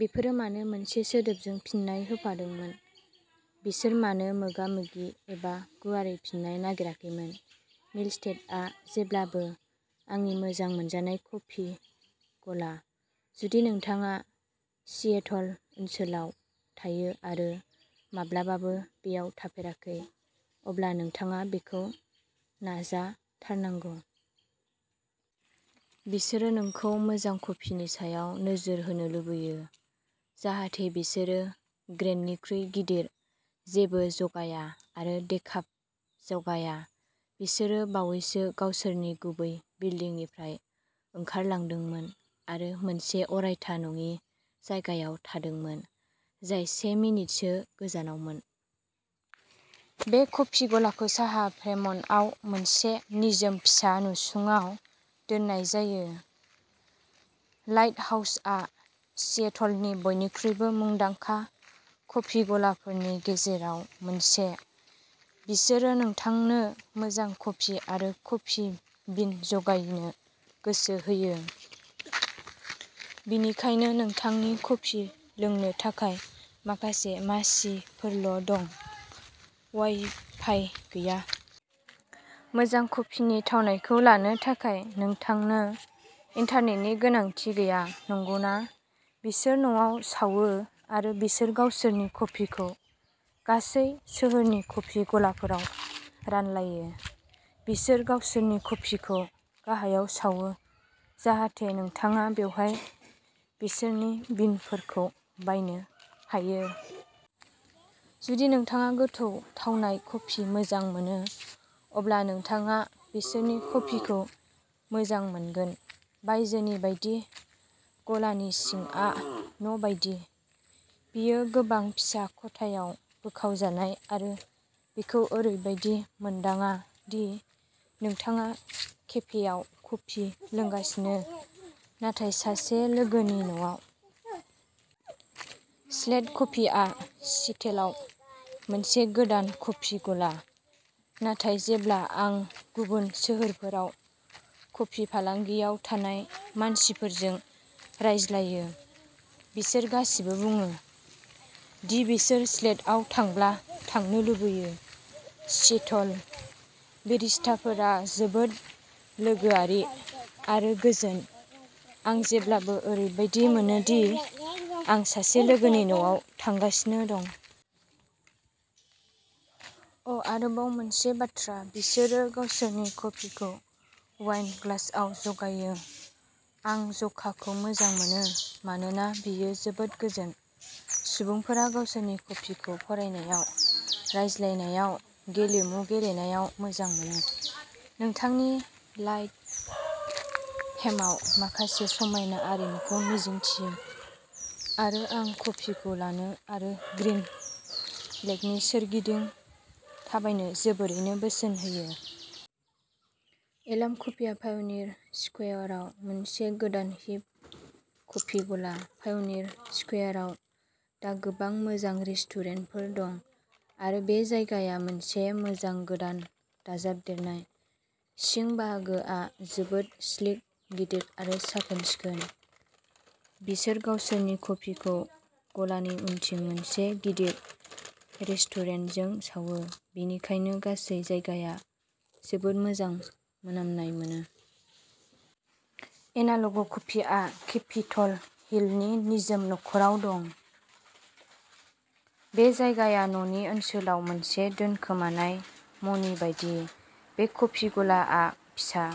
बेफोरो मानो मोनसे सोदोबजों फिननाय होफादोंमोन? बिसोर मानो मोगा-मोगि एबा गुवारै फिन्नाय नागिराखैमोन? मिल्स्टेडआ जेब्लाबो आंनि मोजां मोनजानाय कफि गला। जुदि नोंथाङा सिएटल ओनसोलाव थायो आरो माब्लाबाबो बेयाव थाफेराखै, अब्ला नोंथाङा बेखौ नाजाथारनांगौ! बिसोरो नोंखौ मोजां कफिनि सायाव नोजोर होनो लुबैयो जाहाथे बिसोरो ग्रेन्डेनिख्रुइ गिदिर जेबो जगाया आरो डेकाफ जगाया। बिसोरो बावैसो गावसोरनि गुबै बिल्दिंनिफ्राय ओंखारलांदोंमोन आरो मोनसे अरायथा नङि जायगायाव थादोंमोन, जाय से मिनिटसो गोजानावमोन। बे कफि गलाखौ साहा फ्रेमन्टआव मोनसे निजोम फिसा नसुङाव दोननाय जायो। लाइटहाउसआ सिएटलनि बयनिख्रुइबो मुंदांखा कफि गलाफोरनि गेजेराव मोनसे। बिसोरो नोंथांनो मोजां कफि आरो कफि बिन जगायनो गोसो होयो, बेनिखायनो नोंथांनि कफि लोंनो थाखाय माखासे मासिफोरल'दं वाइफाइ गैया। मोजां कफिनि थावनायखौ लानो थाखाय नोंथांनो इन्टारनेटनि गोनांथि गैया, नंगौना? बिसोर न'आव सावो आरो बिसोर गावसोरनि कफिखौ गासै सोहोरनि कफि गलाफोराव रानलायो। बिसोर गावसोरनि कफिखौ गाहायाव सावो जाहाथे नोंथाङा बेवहाय बिसोरनि बिनफोरखौ बायनो हायो। जुदि नोंथाङा गोथौ थावनाय कफि मोजां मोनो, अब्ला नोंथाङा बिसोरनि कफिखौ मोजां मोनगोन। बायजोनि बायदि, गलानि सिंआ न'बायदि। बेयो गोबां फिसा खथायाव बोखावजानाय आरो बेखौ ओरैबायदि मोनदाङा दि नोंथाङा केफेआव कफि लोंगासिनो, नाथाय सासे लोगोनि न'आव। स्लेट कफिआ सिएटलआव मोनसे गोदान कफि गला, नाथाय जेब्ला आं गुबुन सोहोरफोराव कफि फालांगियाव थानाय मानसिफोरजों रायज्लायो, बिसोर गासिबो बुङो दि बिसोर स्लेटआव थांब्ला थांनो लुबैयो। सिएटल। बेरिस्टाफोरा जोबोद लोगोआरि आरो गोजोन। आं जेब्लाबो ओरैबादि मोनो दि आं सासे लोगोनि न'आव थांगासिनो दं। अ'आरोबाव मोनसे बाथ्रा, बिसोरो गावसोरनि कफिखौ वाइन ग्लासआव जगायो! आं ज'काखौ मोजां मोनो मानोना बेयो जोबोद गोजोन! सुबुंफोरा गावसोरनि कफिखौ फरायनायाव, रायज्लायनायाव, गेलेमु गेलेनायाव मोजां मोनो। नोंथांनि लाइट फेमआव माखासे समायना आरिमुखौ मिजिंथियो, आरो आं कफिखौ लानो आरो ग्रीन लेकनि सोरगिदिं थाबायनो जोबोरैनो बोसोन होयो। एल्म कफिआ पाय'निर स्क्वयरआव मोनसे गोदान हिप कफि गला। पाय'नियार स्क्वायरआव दा गोबां मोजां रेस्टुरेन्टफोर दं आरो बे जायगाया मोनसे मोजां गोदान दाजाबदेरनाय। सिं बाहागोआ जोबोद स्लिक, गिदिर आरो साखोन-सिखोन। बिसोर गावसोरनि कफिखौ गलानि उनथिं मोनसे गिदिर रेष्टुरेनजों सावो, बेनिखायनो गासै जायगाया जोबोद मोजां मोनामनाय मोनो। एनाल'ग कफिआ केपिटल हिलनि निजोम न'खरआव दं। बे जायगाया न'नि ओनसोलाव मोनसे दोनखोमानाय मणि बायदि। बे कफि गलाआ फिसा।